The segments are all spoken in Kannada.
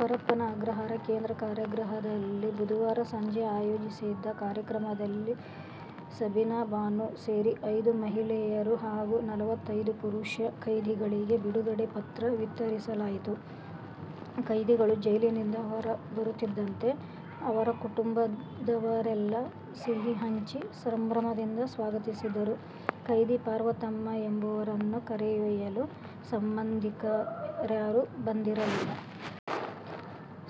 ಪರಪ್ಪನ ಅಗ್ರಹಾರ ಕೇಂದ್ರ ಕಾರಾಗೃಹದಲ್ಲಿ ಬುಧವಾರ ಸಂಜೆ ಆಯೋಜಿಸಿದ್ದ ಕಾರ್ಯಕ್ರಮದಲ್ಲಿ ಸಬೀನಾ ಬಾನು ಸೇರಿ ಐದು ಮಹಿಳೆಯರು ಹಾಗೂ ನಲವತ್ತೈದು ಪುರುಷ ಕೈದಿಗಳಿಗೆ ಬಿಡುಗಡೆ ಪತ್ರ ವಿತರಿಸಲಾಯಿತು. ಕೈದಿಗಳು ಜೈಲಿನಿಂದ ಹೊರಬರುತ್ತಿದ್ದಂತೆ, ಅವರ ಕುಟುಂಬದವರೆಲ್ಲ ಸಿಹಿ ಹಂಚಿ ಸಂಭ್ರಮದಿಂದ ಸ್ವಾಗತಿಸಿದರು. ಕೈದಿ ಪಾರ್ವತಮ್ಮ ಎಂಬುವರನ್ನು ಕರೆದೊಯ್ಯಲು ಸಂಬಂಧಿಕರ್ಯಾರು ಬಂದಿರಲಿಲ್ಲ.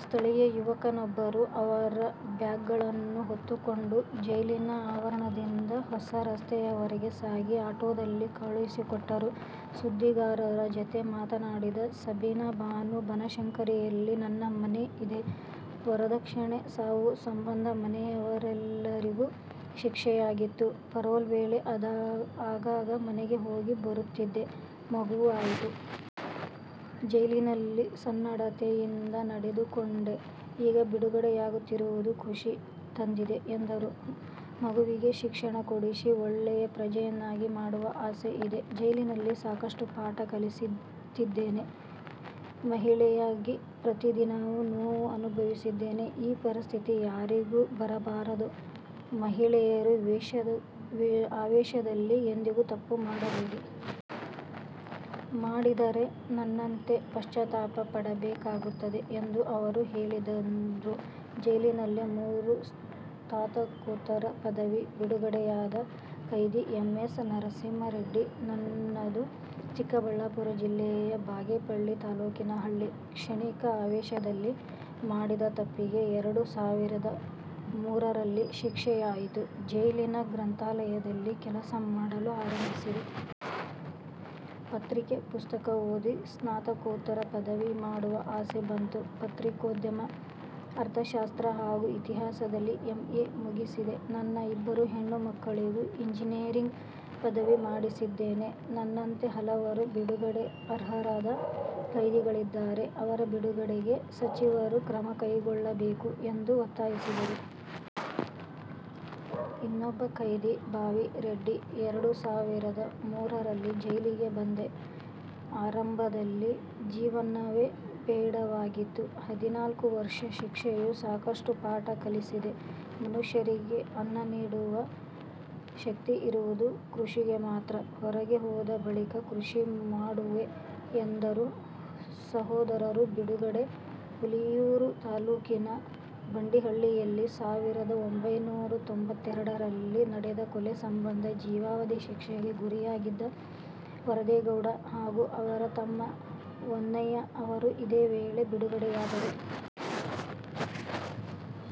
ಸ್ಥಳೀಯ ಯುವಕರೊಬ್ಬರು ಅವರ ಬ್ಯಾಗ್ಗಳನ್ನು ಹೊತ್ತುಕೊಂಡು ಜೈಲಿನ ಆವರಣದಿಂದ ಹೊಸ ರಸ್ತೆಯವರೆಗೆ ಸಾಗಿ, ಆಟೋದಲ್ಲಿ ಕಳುಹಿಸಿಕೊಟ್ಟರು. ಸುದ್ದಿಗಾರರ ಜತೆ ಮಾತನಾಡಿದ ಸಬೀನಾ ಬಾನು, 'ಬನಶಂಕರಿಯಲ್ಲಿ ನನ್ನ ಮನೆ ಇದೆ. ವರದಕ್ಷಿಣೆ ಸಾವು ಸಂಬಂಧ ಮನೆಯವರೆಲ್ಲರಿಗೂ ಶಿಕ್ಷೆಯಾಗಿತ್ತು. ಪರೋಲ್ ವೇಳೆ ಆಗಾಗ ಮನೆಗೆ ಹೋಗಿ ಬರುತ್ತಿದ್ದೆ. ಮಗುವೂ ಆಯಿತು. ಜೈಲಿನಲ್ಲಿ ಸನ್ನಡತೆಯಿಂದ ನಡೆದುಕೊಂಡೆ. ಈಗ ಬಿಡುಗಡೆಯಾಗುತ್ತಿರುವುದು ಖುಷಿ ತಂದಿದೆ' ಎಂದರು. 'ಮಗುವಿಗೆ ಶಿಕ್ಷಣ ಕೊಡಿಸಿ ಒಳ್ಳೆಯ ಪ್ರಜೆಯನ್ನಾಗಿ ಮಾಡುವ ಆಸೆ ಇದೆ. ಜೈಲಿನಲ್ಲಿ ಸಾಕಷ್ಟು ಪಾಠ ಕಲಿತಿದ್ದೇನೆ. ಮಹಿಳೆಯಾಗಿ ಪ್ರತಿದಿನವೂ ನೋವು ಅನುಭವಿಸಿದ್ದೇನೆ. ಈ ಪರಿಸ್ಥಿತಿ ಯಾರಿಗೂ ಬರಬಾರದು. ಮಹಿಳೆಯರು ಆವೇಷದಲ್ಲಿ ಎಂದಿಗೂ ತಪ್ಪು ಮಾಡಬೇಡಿ. ಮಾಡಿದರೆ, ನನ್ನಂತೆ ಪಶ್ಚಾತಾಪ ಪಡಬೇಕಾಗುತ್ತದೆ' ಎಂದು ಅವರು ಹೇಳಿದರು. ಜೈಲ್ಲಿನಲ್ಲೇ ಮೂರು ಸ್ನಾತಕೋತ್ತರ ಪದವಿ: ಬಿಡುಗಡೆಯಾದ ಕೈದಿ ಎಂ. ಎಸ್. ನರಸಿಂಹ ರೆಡ್ಡಿ, 'ನನ್ನದು ಚಿಕ್ಕಬಳ್ಳಾಪುರ ಜಿಲ್ಲೆಯ ಬಾಗೇಪಲ್ಲಿ ತಾಲ್ಲೂಕಿನ ಹಳ್ಳಿ. ಕ್ಷಣಿಕ ಆವೇಷದಲ್ಲಿ ಮಾಡಿದ ತಪ್ಪಿಗೆ ಎರಡು ಸಾವಿರದ ಮೂರರಲ್ಲಿ ಶಿಕ್ಷೆಯಾಯಿತು. ಜೈಲಿನ ಗ್ರಂಥಾಲಯದಲ್ಲಿ ಕೆಲಸ ಮಾಡಲು ಆರಂಭಿಸಿದೆ. ಪತ್ರಿಕೆ, ಪುಸ್ತಕ ಓದಿ ಸ್ನಾತಕೋತ್ತರ ಪದವಿ ಮಾಡುವ ಆಸೆ ಬಂತು. ಪತ್ರಿಕೋದ್ಯಮ, ಅರ್ಥಶಾಸ್ತ್ರ ಹಾಗೂ ಇತಿಹಾಸದಲ್ಲಿ ಎಂ. ಎ ಮುಗಿಸಿದೆ. ನನ್ನ ಇಬ್ಬರು ಹೆಣ್ಣು ಮಕ್ಕಳಿಗೂ ಎಂಜಿನಿಯರಿಂಗ್ ಪದವಿ ಮಾಡಿಸಿದ್ದೇನೆ. ನನ್ನಂತೆ ಹಲವರು ಬಿಡುಗಡೆಗೆ ಅರ್ಹರಾದ ಕೈದಿಗಳಿದ್ದಾರೆ. ಅವರ ಬಿಡುಗಡೆಗೆ ಸಚಿವರು ಕ್ರಮ ಕೈಗೊಳ್ಳಬೇಕು' ಎಂದು ಒತ್ತಾಯಿಸಿದರು. ಇನ್ನೊಬ್ಬ ಕೈದಿ ಭಾವಿ ರೆಡ್ಡಿ, ಎರಡು ಸಾವಿರದ ಮೂರರಲ್ಲಿ ಜೈಲಿಗೆ ಬಂದೆ. ಆರಂಭದಲ್ಲಿ ಜೀವನವೇ ಬೇಡವಾಗಿತ್ತು. ಹದಿನಾಲ್ಕು ವರ್ಷ ಶಿಕ್ಷೆಯು ಸಾಕಷ್ಟು ಪಾಠ ಕಲಿಸಿದೆ. ಮನುಷ್ಯರಿಗೆ ಅನ್ನ ನೀಡುವ ಶಕ್ತಿ ಇರುವುದು ಕೃಷಿಗೆ ಮಾತ್ರ. ಹೊರಗೆ ಹೋದ ಬಳಿಕ ಕೃಷಿ ಮಾಡುವೆ' ಎಂದರು. ಸಹೋದರರು ಬಿಡುಗಡೆ: ಹುಲಿಯೂರು ತಾಲ್ಲೂಕಿನ ಬಂಡಿಹಳ್ಳಿಯಲ್ಲಿ ಸಾವಿರದ ಒಂಭೈನೂರ ತೊಂಬತ್ತೆರಡರಲ್ಲಿ ನಡೆದ ಕೊಲೆ ಸಂಬಂಧ ಜೀವಾವಧಿ ಶಿಕ್ಷೆಗೆ ಗುರಿಯಾಗಿದ್ದ ವರದೇಗೌಡ ಹಾಗೂ ಅವರ ತಮ್ಮ ವನ್ನಯ್ಯ ಅವರು ಇದೇ ವೇಳೆ ಬಿಡುಗಡೆಯಾದರು.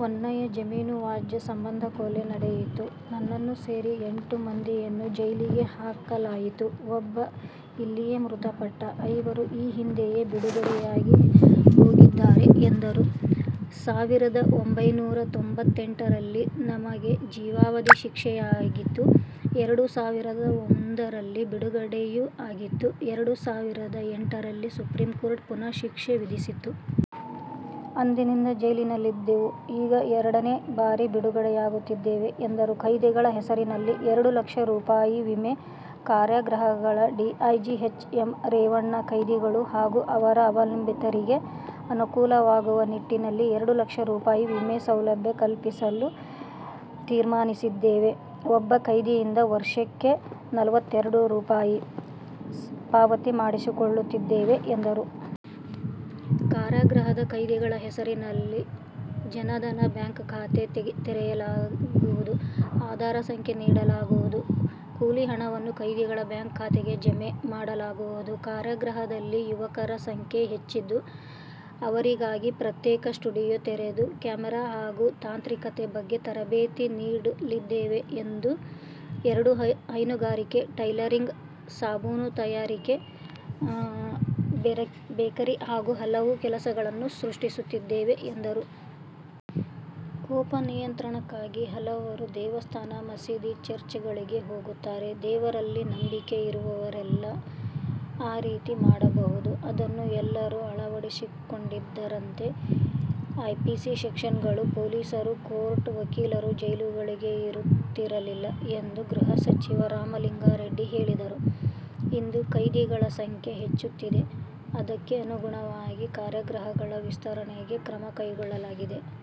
ವನ್ನಯ್ಯ, 'ಜಮೀನು ವ್ಯಾಜ್ಯ ಸಂಬಂಧ ಕೊಲೆ ನಡೆಯಿತು. ನನ್ನನ್ನು ಸೇರಿ ಎಂಟು ಮಂದಿಯನ್ನು ಜೈಲಿಗೆ ಹಾಕಲಾಯಿತು. ಒಬ್ಬ ಇಲ್ಲಿಯೇ ಮೃತಪಟ್ಟ. ಐವರು ಈ ಹಿಂದೆಯೇ ಬಿಡುಗಡೆಯಾಗಿ ಹೋಗಿದ್ದಾರೆ' ಎಂದರು. ಸಾವಿರದ ಒಂಭೈನೂರ ತೊಂಬತ್ತೆಂಟರಲ್ಲಿ ನಮಗೆ ಜೀವಾವಧಿ ಶಿಕ್ಷೆಯಾಗಿತ್ತು. ಎರಡು ಸಾವಿರದ ಒಂದರಲ್ಲಿ ಬಿಡುಗಡೆಯೂ ಆಗಿತ್ತು. ಎರಡು ಸಾವಿರದ ಎಂಟರಲ್ಲಿ ಸುಪ್ರೀಂಕೋರ್ಟ್ ಪುನಃ ಶಿಕ್ಷೆ ವಿಧಿಸಿತ್ತು. ಅಂದಿನಿಂದ ಜೈಲಿನಲ್ಲಿದ್ದೆವು. ಈಗ ಎರಡನೇ ಬಾರಿ ಬಿಡುಗಡೆಯಾಗುತ್ತಿದ್ದೇವೆ ಎಂದರು. ಕೈದಿಗಳ ಹೆಸರಿನಲ್ಲಿ ಎರಡು ಲಕ್ಷ ರೂಪಾಯಿ ವಿಮೆ: ಕಾರಾಗೃಹಗಳ ಡಿಐಜಿ ಎಚ್. ಎಂ. ರೇವಣ್ಣ, ಕೈದಿಗಳು ಹಾಗೂ ಅವರ ಅವಲಂಬಿತರಿಗೆ ಅನುಕೂಲವಾಗುವ ನಿಟ್ಟಿನಲ್ಲಿ ಎರಡು ಲಕ್ಷ ರೂಪಾಯಿ ವಿಮೆ ಸೌಲಭ್ಯ ಕಲ್ಪಿಸಲು ತೀರ್ಮಾನಿಸಿದ್ದೇವೆ. ಒಬ್ಬ ಕೈದಿಯಿಂದ ವರ್ಷಕ್ಕೆ ನಲವತ್ತೆರಡು ರೂಪಾಯಿ ಪಾವತಿ ಮಾಡಿಸಿಕೊಳ್ಳಲಾಗುತ್ತಿದೆ ಎಂದರು. 'ಕಾರಾಗೃಹದ ಕೈದಿಗಳ ಹೆಸರಿನಲ್ಲಿ ಜನಧನ್ ಬ್ಯಾಂಕ್ ಖಾತೆ ತೆರೆಯಲಾಗುವುದು. ಆಧಾರ್ ಸಂಖ್ಯೆ ನೀಡಲಾಗುವುದು. ಕೂಲಿ ಹಣವನ್ನು ಕೈದಿಗಳ ಬ್ಯಾಂಕ್ ಖಾತೆಗೆ ಜಮೆ ಮಾಡಲಾಗುವುದು. ಕಾರಾಗೃಹದಲ್ಲಿ ಯುವಕರ ಸಂಖ್ಯೆ ಹೆಚ್ಚಿದ್ದು, ಅವರಿಗಾಗಿ ಪ್ರತ್ಯೇಕ ಸ್ಟುಡಿಯೊ ತೆರೆದು ಕ್ಯಾಮೆರಾ ಹಾಗೂ ತಾಂತ್ರಿಕತೆ ಬಗ್ಗೆ ತರಬೇತಿ ನೀಡಲಿದ್ದೇವೆಎರಡು ಹೈನುಗಾರಿಕೆ, ಟೈಲರಿಂಗ್, ಸಾಬೂನು ತಯಾರಿಕೆ, ವರ್ಕ್ಶಾಪ್, ಬೇಕರಿ ಹಾಗೂ ಹಲವು ಕೆಲಸಗಳನ್ನು ಸೃಷ್ಟಿಸುತ್ತಿದ್ದೇವೆ' ಎಂದರು. 'ಕೋಪ ನಿಯಂತ್ರಣಕ್ಕಾಗಿ ಹಲವರು ದೇವಸ್ಥಾನ, ಮಸೀದಿ, ಚರ್ಚ್ಗಳಿಗೆ ಹೋಗುತ್ತಾರೆ. ದೇವರಲ್ಲಿ ನಂಬಿಕೆ ಇರುವವರೆಲ್ಲ ಆ ರೀತಿ ಮಾಡಬಹುದು. ಅದನ್ನು ಎಲ್ಲರೂ ಅಳವಡಿಸಿಕೊಂಡಿದ್ದರೆ, ಐಪಿಸಿ ಸೆಕ್ಷನ್ಗಳು, ಪೊಲೀಸರು, ಕೋರ್ಟ್, ವಕೀಲರು, ಜೈಲುಗಳೇ ಇರುತ್ತಿರಲಿಲ್ಲ' ಎಂದು ಗೃಹ ಸಚಿವ ರಾಮಲಿಂಗಾರೆಡ್ಡಿ ಹೇಳಿದರು. 'ಇಂದು ಕೈದಿಗಳ ಸಂಖ್ಯೆ ಹೆಚ್ಚುತ್ತಿದೆ. ಅದಕ್ಕೆ ಅನುಗುಣವಾಗಿ ಕಾರಾಗೃಹಗಳ ವಿಸ್ತರಣೆಗೆ ಕ್ರಮ ಕೈಗೊಳ್ಳಲಾಗಿದೆ.